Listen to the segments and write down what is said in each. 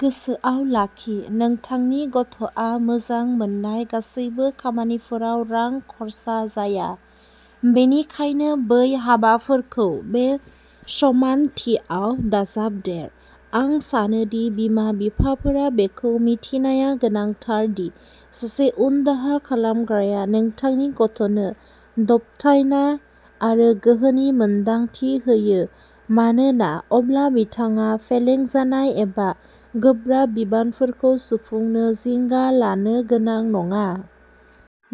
गोसोआव लाखि, नोंथांनि गथ'आ मोजां मोननाय गासैबो खामानिफोराव रां खरसा जाया, बेनिखायनो बै हाबाफोरखौ बे समानथियाव दाजाबदेर। आं सानो दि बिमा-बिफाफोरा बेखौ मिथिनाया गोनांथार दि सासे उनदाहा खालामग्राया नोंथांनि गथ'नो दबथायनाय आरो गोहोनि मोनदांथि होयो, मानोना अब्ला बिथाङा फेलें जानाय एबा गोब्राब बिबानफोरखौ सुफुंनो जिंगा लानो गोनां नङा।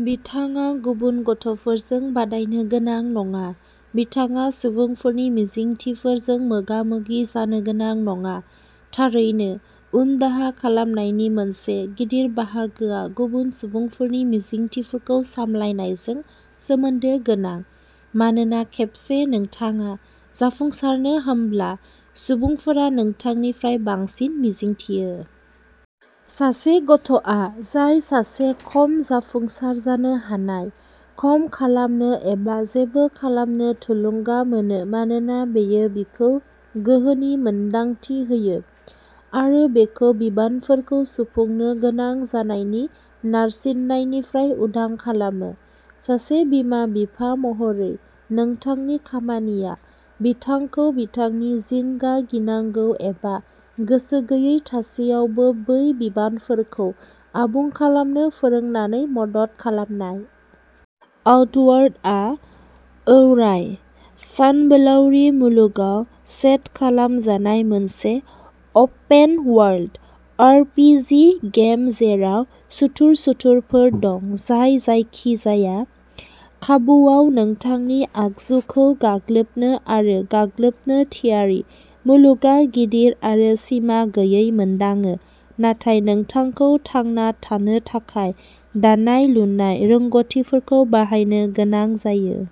बिथाङा गुबुन गथ'फोरजों बादायनो गोनां नङा। बिथाङा सुबुंफोरनि मिजिंथिफोरजों मोगा-मोगि जानो गोनां नङा। थारैनो, उनदाहा खालामनायनि मोनसे गिदिर बाहागोआ गुबुन सुबुंफोरनि मिजिंथिफोरखौ सामलायनायजों सोमोन्दो गोनां। मानोना खेबसे नोंथाङा जाफुंसारनो हमब्ला, सुबुंफोरा नोंथांनिफ्राय बांसिन मिजिंथियो। सासे गथ'आ जाय सासे खम जाफुंसार जानो हानाय, खम खालामनो एबा जेबो खालामनो थुलुंगा मोनो-मानोना बेयो बिखौ गोहोनि मोनदांथि होयो आरो बेखौ बिबानफोरखौ सुफुंनो गोनां जानायनि नारसिननायनिफ्राय उदां खालामो। सासे बिमा-बिफा महरै नोंथांनि खामानिया बिथांखौ बिथांनि जिंगा, गिनांगौ एबा गोसो गैयै थासेयावबो बै बिबानफोरखौ आबुं खालामनो फोरोंनानै मदद खालामनाय। आउटवार्डआ औराइ सानबोलावरि मुलुगाव सेट खालामजानाय मोनसे अपेन-वर्ल्ड आरपीजी गेम जेराव सुथुर सुथुरफोर दं जाय जायखिजाया खाबुवाव नोंथांनि आगजुखौ गाग्लोबनो आरो गाग्लोबनो थियारि। मुलुगआ गिदिर आरो सिमा गैयै मोनदाङो नाथाय नोंथांखौ थांना थानो थाखाय दानाय-लुनाय रोंग'थिफोरखौ बाहायनो गोनां जायो।